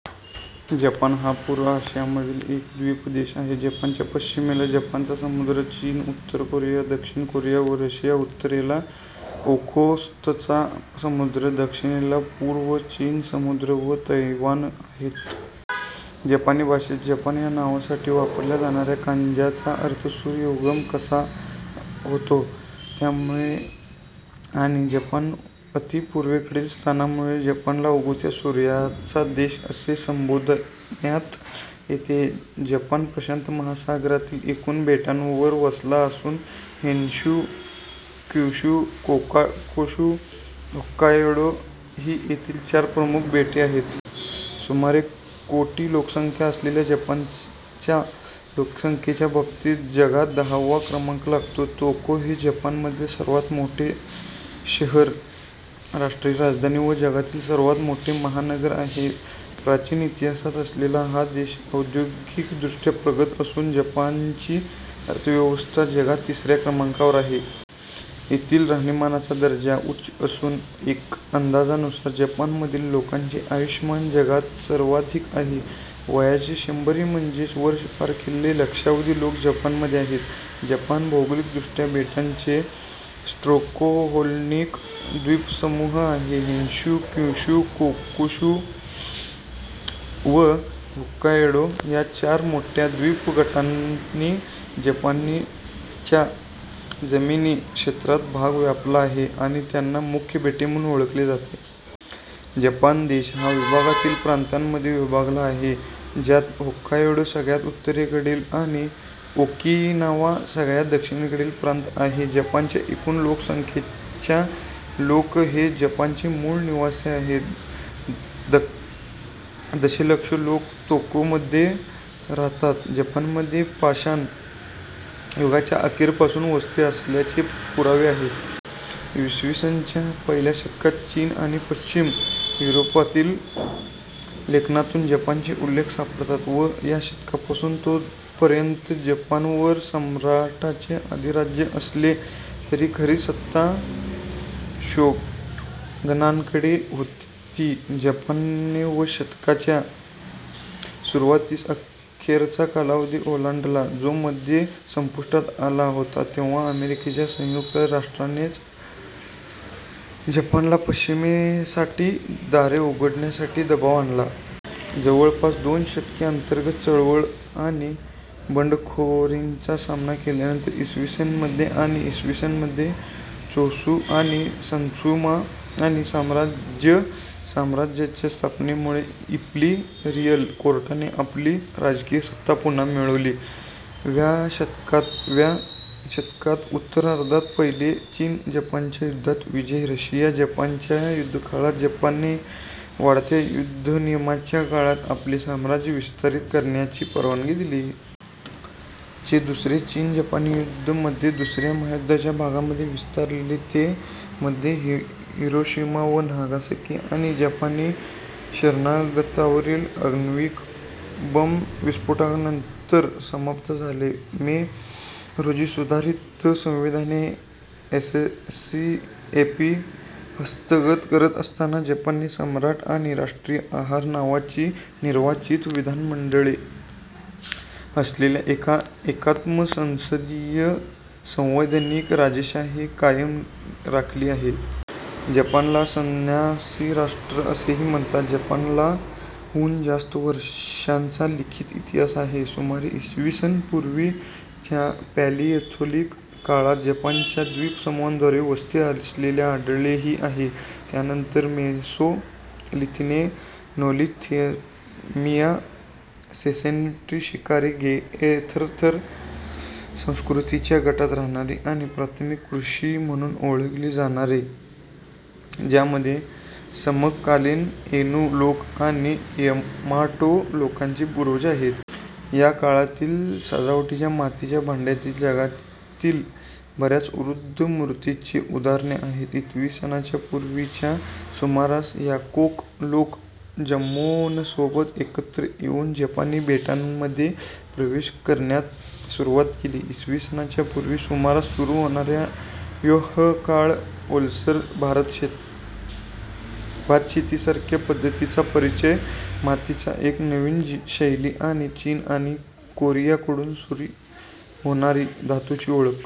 Japan हा पूर्व आशियामधील एक द्वीप-देश आहे. जपानच्या पश्चिमेला जपानचा समुद्र, चीन, उत्तर कोरिया, दक्षिण कोरिया व रशिया, उत्तरेला ओखोत्स्कचा समुद्र व दक्षिणेला पूर्व चीन समुद्र व तैवान आहेत. जपानी भाषेत "जपान" या नावासाठी वापरल्या जाणाऱ्या कांजीचा अर्थ "सूर्य उगम" असा होतो. त्यामुळे आणि जपानच्या अतिपूर्वेकडील स्थानामुळे जपानला उगवत्या सूर्याचा देश असे संबोधण्यात येते. जपान प्रशांत महासागरामधील एकूण बेटांवर वसला असून होन्शू, क्युशू, शिकोकू व होक्कायडो ही येथील चार प्रमुख बेटे आहेत. सुमारे कोटी लोकसंख्या असलेल्या जपानचा लोकसंख्येच्या बाबतीत जगात दहावा क्रमांक लागतो. तोक्यो हे जपानमधील सर्वात मोठे शहर, राष्ट्रीय राजधानी व जगातील सर्वात मोठे महानगर आहे. प्राचीन इतिहास असलेला हा देश औद्योगिकदृष्ट्या प्रगत असून जपानची अर्थव्यवस्था जगात तिसऱ्या क्रमांकावर आहे. येथील राहणीमानाचा दर्जा उच्च असून एका अंदाजानुसार जपानमधील लोकांचे आयुष्यमान जगात सर्वाधिक आहे. वयाची शंभरी म्हणजेच वर्ष पार केलेले लक्षावधी लोकं जपानमध्ये आहेत. जपान भौगोलिकदृष्ट्या बेटांचा स्ट्रॅटोव्होल्कॅनिक द्वीपसमूह आहे. होन्शू, क्युशू, शिकोकू व होक्कायडो या चार मोठ्या द्वीपगटांनी जपानच्या जमीनी क्षेत्राचा भाग व्यापला आहे आणि त्यांना मुख्य बेट म्हणून ओळखले जाते. जपान देश विभागांतील प्रांतांमधे विभागला आहे, ज्यात होक्कायडो सगळ्यात उत्तरेकडील, आणि ओकिनावा सगळ्यात दक्षिणेकडील प्रांत आहे. जपानच्या एकूण लोकसंख्येच्या लोक हे जपानचे मूळ निवासी आहेत. दशलक्ष लोक तोक्योमध्ये राहतात. जपानमध्ये पाषाण युगाच्या अखेरपासून वस्ती असल्याचे पुरावे आहेत. इ. स. च्या पहिल्या शतकात चीन आणि पश्चिम युरोपातील लेखनातून जपानचे उल्लेख सापडतात. व्या शतकापासून ते पर्यंत जपानवर सम्राटाचे अधिराज्य असले तरी खरी सत्ता शोगनांकडे होती. जपानने व्या शतकाच्या सुरुवातीस एकेरीचा कालावधी ओलांडला जो मध्ये संपुष्टात आला होता जेव्हा अमेरिकेच्या संयुक्त संस्थानाने जपानला पश्चिमेसाठी दारे उघडण्यासाठी दबाव आणला. जवळपास दोन दशके अंतर्गत चळवळ आणि बंडखोरांचा सामना केल्यानंतर, इ. स. मध्ये आणि इ. स. मध्ये चोशु आणि सत्सुमा-आणि साम्राज्य साम्राज्याच्या स्थापनेमुळे इम्पीरियल कोर्टाने आपली राजकीय सत्ता पुन्हा मिळवली. व्या आणि व्या शतकाच्या उत्तरार्धात, पहिले चीन -जपानच्या युद्धांत विजय, रशिया-जपानच्या युद्धकाळात जपानमध्ये वाढत्या युद्धनियमांच्या काळात आपले साम्राज्य विस्तारित करण्याची परवानगी दिली. चे दुसरे चीनी-जपानी युद्ध मध्ये दुसऱ्या महायुद्धाच्या भागामध्ये विस्तारले, ते मध्ये हिरोशिमा व नागासाकी आणि जपानी शरणागतीवरील आण्विक बम-विस्फोटानंतर समाप्त झाले. मे रोजी सुधारित संविधानाने एससीएपी हस्तगत करत असताना, जपानने सम्राट आणि राष्ट्रीय आहार नावाची निर्वाचित विधानमंडळ असलेल्या एका एकात्म संसदीय संवैधानिक राजेशाही कायम राखली आहे. जपानला संन्यासीराष्ट्र असेही म्हणतात. जपानला, हून जास्त वर्षांचा लिखित इतिहास आहे. सुमारे इ. स. पू. च्या पॅलियोलिथिक काळात जपानच्या द्वीपसमूहांमध्ये वस्ती असलेले आढळलेआहे. यानंतर मेसोलिथिकने नोलिथिक्समिया-सेसेन्ट्री शिकारी-गेएथेरर संस्कृतीच्या गटात राहणारी आणि प्राथमिक कृषी म्हणून ओळखली जाते, ज्यामध्ये समकालीन एनु लोक आणि यमाटो लोकांचे पूर्वज होते. या काळातील सजावटीतील मातीच्या भांड्यांना जगातील बऱ्याच वृद्ध मूर्तींची उदाहरणे आहेत. इ. स. पू. च्या सुमारास, यायोक लोक जम्मोनसोबत एकत्र येऊन जपानी बेटांमध्ये प्रवेश करण्यास सुरुवात केली. इ. स. पू. च्या सुमारास सुरू होणारा य्योय काळ, ओलसर भातशेतीसारख्या पद्धतींचा परिचय, मातीची एक नवीन शैली आणि चीन आणि कोरियाकडून सुरू होणारी धातूची ओळख.